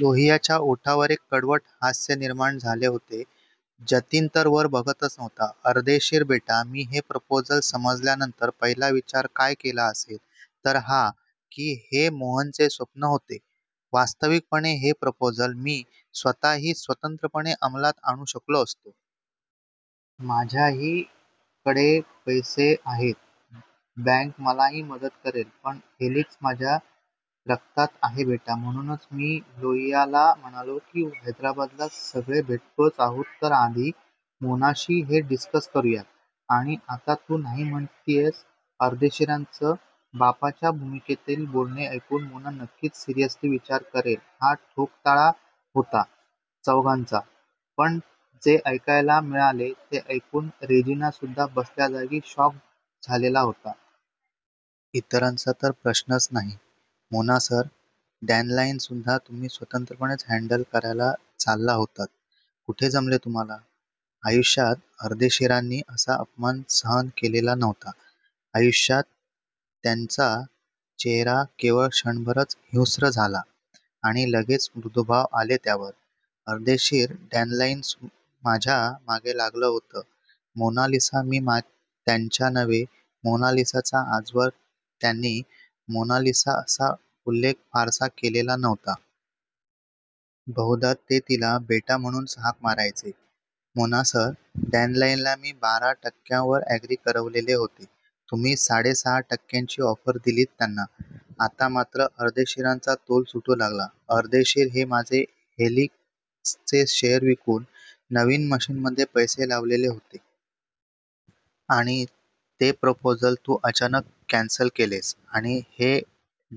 लोहियांच्या ओठांवर एक कडवट हास्य निर्माण झालेले होते. जतीन तर वर बघतच नव्हता. अर्देशीर बेटा, मी हे प्रपोजल समजल्यानंतर पहिला विचार काय केला असेल तर हा, की हे मोहनचे स्वप्न होते. वास्तविकपणे हे प्रपोजल मी स्वतःही स्वतंत्रपणे अंमलात आणू शकलो असतो. माझ्याहीकडे पैसे आहेत. बॅन्क मलाही मदत करेल पण हेलिक्स माझ्या रक्तात आहे बेटा, म्हणूनच मी लोहियाला म्हणालो की हैदराबादला सगळे भेटतोच आहोत तर आधी मोनाशी हे डिस्कस करूयात आणि आता तू नाही म्हणतीयस, अर्देशीरांचे 'बापाच्या' भूमिकेतील बोलणे ऐकून मोना नक्कीच सिरियसली विचार करेल हा ठोकताळा होता चौघांचा पण जे ऐकायला मिळाले ते ऐकून रेजिनासुद्धा बसल्याजागी शॉक्ड झालेला होता. इतरांचा तर प्रश्नच नाही.मोना सर, डॅनलाईनसुद्धा तुम्ही स्वतंत्रपणेच हॅन्डल करायला चालला होतात. कुठे जमले तुम्हाला? आयुष्यात अर्देशीरांनी असा अपमान सहन केलेला नव्हता. आयुष्यात! त्यांचा चेहरा केवळ क्षणभरच हिंस्त्र झाला आणि लगेच मृदू भाव आले त्यावर अर्देशीर डॅनलाईन माझ्या मागे लागलं होतं मोनालिसा मी त्यांच्या नव्हे, मोनालिसाचा आजवर त्यांनी 'मोनालिसा' असा उल्लेख फारसा केलेला नव्हता. बहुधा ते तिला 'बेटा' म्हणूनच हाक मारायचे. मोना सर, डॅनलाईनला मी बारा टक्यांवर अॅग्री करवलेले होते. तुम्ही साडे सहा टक्यांची ऑफर दिलीत त्यांना आता मात्र अर्देशीरांचा तोल सुटू लागला. अर्देशीर मी माझे हेलिक्सचे शेअर्स विकून नवीन मशीन्समध्ये पैसे लावलेले होते. आणि ते प्रपोजल तू अचानक कॅन्सल केलेस आणि हे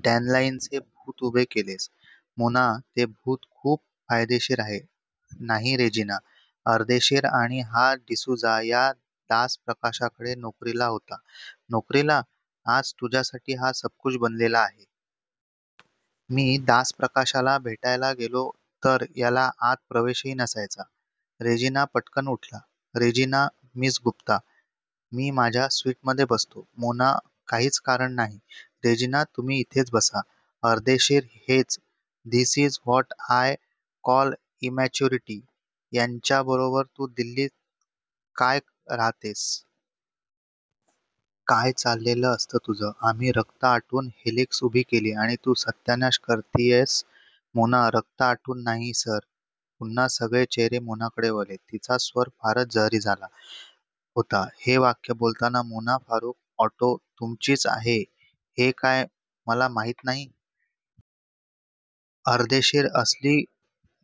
डॅनलाईनचे भूत उभे केलेस. मोना ते भूत खूप फायदेशीर आहे. नाही रेजिना? अर्देशीर आणि हा डिसूझा, त्या दासप्रकाशकडे नोकरीला होता नोकरीला. आज तुझ्यासाठी हा सबकुछ बनलेला आहे. मी दासप्रकाशला भेटायला गेलो तर याला आत प्रवेशही नसायचा. रेजिना पटकन उठला, रेजिना मिस गुप्ता, मी माझ्या स्विटमध्ये बसतो. मोना काहीच कारण नाही रेजिना तुम्ही इथेच बसा. अर्देशीर हेच. This is what I call immaturity याच्याबरोबर तू दिल्लीत काय राहतेस. काय चाललेलं असतं तुझं? आम्ही रक्त आटवून हेलिक्स उभी केली आणि तू सत्यानाश करतीयस. मोना रक्त आटवून नाही सर, पुन्हा सगळे चेहरे मोनाकडे वळले. तिचा स्वर फारच जहरी झाला होता हे वाक्य बोलताना मोना फारुख ऑटो तुमचीच आहे हे काय मला माहीत नाही? अर्देशीर असली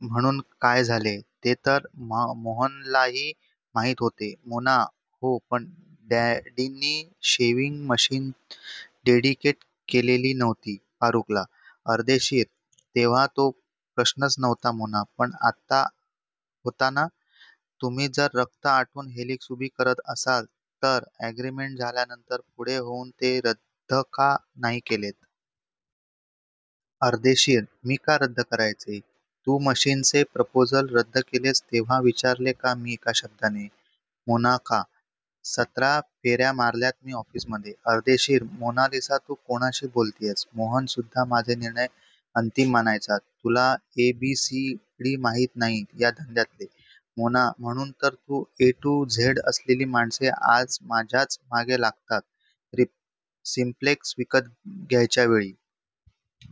म्हणून काय झाले? ते तर मोहनलाही माहीत होते. मोना हो पण डॅडनी शेव्हिंग मशीन्स डेडिकेट केलेली नव्हती फारुखला. अर्देशीर तेव्हा तो प्रश्नच नव्हता मोना पण आत्ता होता .ना? तुम्ही जर रक्त आटवून 'हेलिक्स' उभी करत असाल तर असे अॅग्रीमेन्ट झाल्यावर पुढे होऊन ते रद्द का नाही केलेत? अर्देशीर मी का रद्द करायचे? तू मशीन्सचे प्रपोजल रद्द केलेस तेव्हा विचारले का मी एका शब्दाने? मोना का?? सतरा फेर्या मारल्यात की ऑफीसमध्ये, अर्देशीर मोनालिसा तू कुणाशी बोलतीयस? मोहन सुद्धा माझे निर्णय अंतीम मानायचा तुला ए बी सी डी माहीत नाही या धंद्यातले, मोना म्हणून तर ए टू झेड असलेली माणसे आज माझ्याच मागे लागतात सिम्प्लेक्स विकत घ्यायच्यावेळी.--